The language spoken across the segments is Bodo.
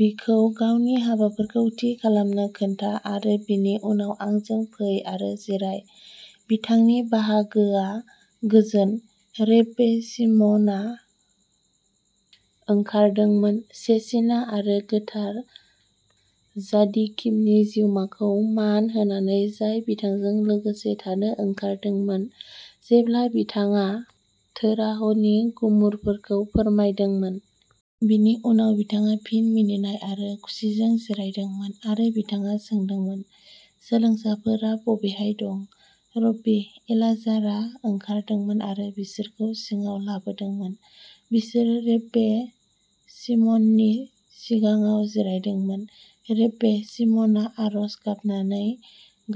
बिखौ गावनि हाबाफोरखौ थि खालामनो खोन्था आरो बिनि उनाव आंजों फै आरो जिराय। बिथांनि बाहागोआ गोजोन, रेब्बे शिम'नआ ओंखारदोंमोन शेचिना आरो गोथार जादिकिमनि जिउमाखौ मान होनानै जाय बिथांजों लोगोसे थानो ओंखारदोंमोन जेब्ला बिथाङा तोराहनि गुमुरफोरखौ फोरमायदोंमोन। बिनि उनाव बिथाङा फिन मिनिनाय आरो खुसिजों जिरायदोंमोन आरो बिथाङा सोंदोंमोन, सोलोंसाफोरा बबेहाय दं? रब्बी एलाजारआ ओंखारदोंमोन आरो बिसोरखौ सिङाव लाबोदोंमोन। बिसोरो रेब्बे शिम'ननि सिगाङाव जिरायदोंमोन। रेब्बे शिम'नआ आर'ज गाबनानै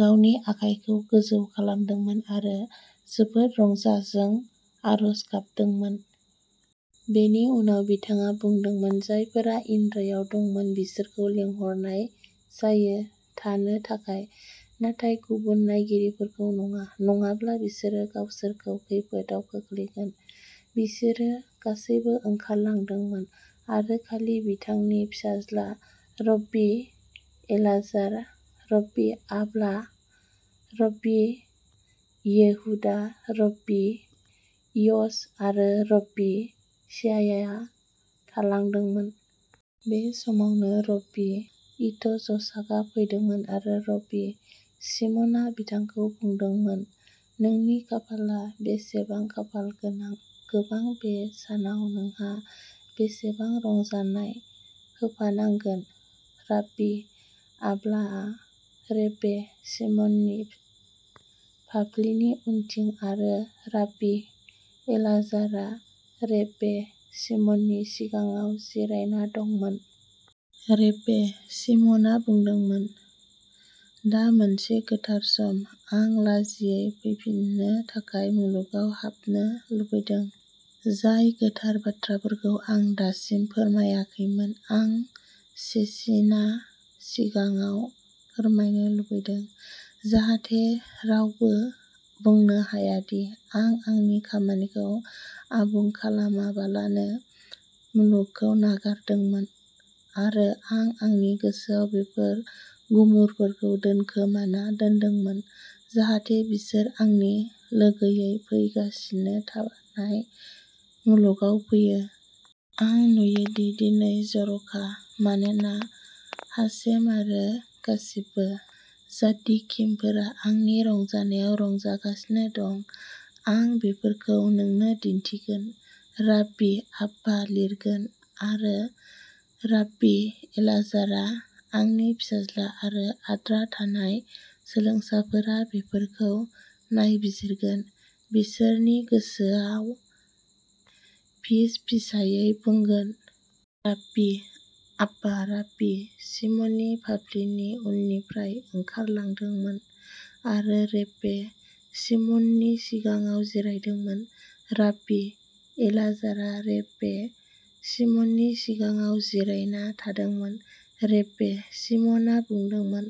गावनि आखाइखौ गोजौ खालामदोंमोन आरो जोबोद रंजाजों आर'ज गाबदोंमोन। बेनि उनाव बिथाङा बुंदोंमोन, जायफोरा इद्रायाव दंमोन बिसोरखौ लिंहरनाय जायो थानो थाखाय, नाथाय गुबुन नायगिरिफोरखौ नङा, नङाब्ला बिसोरो गावसोरखौ खैफोदआव खोख्लैगोन। बिसोरो गासैबो ओंखारलांदोंमोन आरो खालि बिथांनि फिसाज्ला रब्बी एलाजार, रब्बी आब्बा, रब्बी येहुदा, रब्बी य'स आरो रब्बी चियाया थालांदोंमोन। बे समावनो, रब्बी यित्जचाकआ फैदोंमोन, आरो रब्बी शिम'नआ बिथांखौ बुंदोंमोन, नोंनि खाफालआ बेसेबां खाफाल गोनां गोबां बे सानाव नोंहा बेसेबां रंजानाय होफानांगोन राब्बी आब्बाआ रेब्बे शिमननि फाफ्लिनि उनथिं आरो राब्बी एलाजारआ रेब्बे शिमननि सिगाङाव जिरायना दंमोन। रेब्बे शिम'नआ बुंदोंमोन, दा मोनसे गोथार सम। आं लाजियै फैफिननो थाखाय मुलुगाव हाबनो लुबैदों। जाय गोथार बाथ्राफोरखौ आं दासिम फोरमायाखैमोन, आं शेचिना सिगाङाव फोरमायनो लुबैदों, जाहाथे रावबो बुंनो हाया दि आं आंनि खामानिखौ आबुं खालामालाबानो मुलुगखौ नागारदोंमोन आरो आं आंनि गोसोआव बेफोर गुमुरफोरखौ दोनखोमाना दोनदोंमोन, जाहाथे बिसोर आंनि लोगोयै फैगासिनो थानाय मुलुगाव फैयो। आं नुयोदि दिनै जर'खा, मानोना हाशेम आरो गासिबो जाद्दिकिमफोरा आंनि रंजानायाव रंजागासिनो दं। आं बेफोरखौ नोंनो दिन्थिगोन; राब्बी आब्बा लिरगोन, आरो राब्बी एलाजारआ आंनि फिसाज्ला, आरो आद्रा थानाय सोलोंसाफोरा बेफोरखौ नायबिजिरगोन। बिसोरनि गोसोआव फिसफिसायै बुंनांगोन। राब्बी आब्बा राब्बी शिमननि फाफ्लिनि उननिफ्राय ओंखारलांदोंमोन आरो रेब्बे शिमननि सिगाङाव जिरायदोंमोन। राब्बी एलाजारआ रेब्बे शिमननि सिगाङाव जिरायना थादोंमोन। रेब्बे शिम'नआ बुंदोंमोन,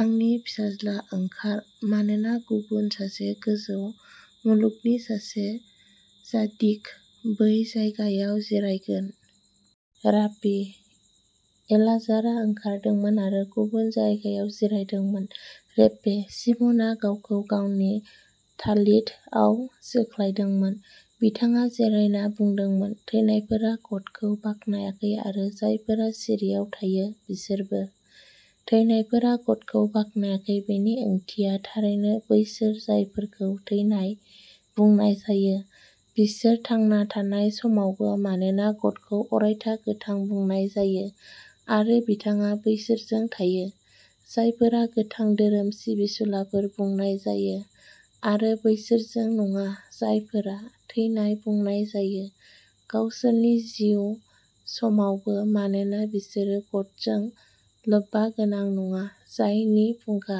आंनि फिसाज्ला, ओंखार, मानोना गुबुन सासे गोजौ मुलुगनि सासे जादिक बै जायगायाव जिरायगोन। राब्बी एलाजारआ ओंखारदोंमोन आरो गुबुन जायगायाव जिरायदोंमोन। रेब्बे शिम'नआ गावखौ गावनि तालितआव जोख्लोबदोंमोन। बिथाङा जिरायना बुंदोंमोन थैनायफोरा गदखौ बाख्नायाखै आरो जायफोरा सिरिआव थाङो बिसोरबो। थैनायफोरा ग-दखौ बाख्नायाखै बेनि ओंथिया थारैनो बैसोर जायफोरखौ थैनाय बुंनाय जायो बिसोर थांना थानाय समावबो, मानोना ग-दखौ अरायथा गोथां बुंनाय जायो आरो बिथाङा बैसोरजों थायो जायफोरा'गोथां'धोरोम सिबिसुलाफोर बुंनाय जायो आरो बैसोरजों नङा जायफोरा 'थैनाय' बुंनाय जायो गावसोरनि जिउ समावबो, मानोना बिसोरो ग-दजों लोब्बागोनां नङा, जायनि फुंखा।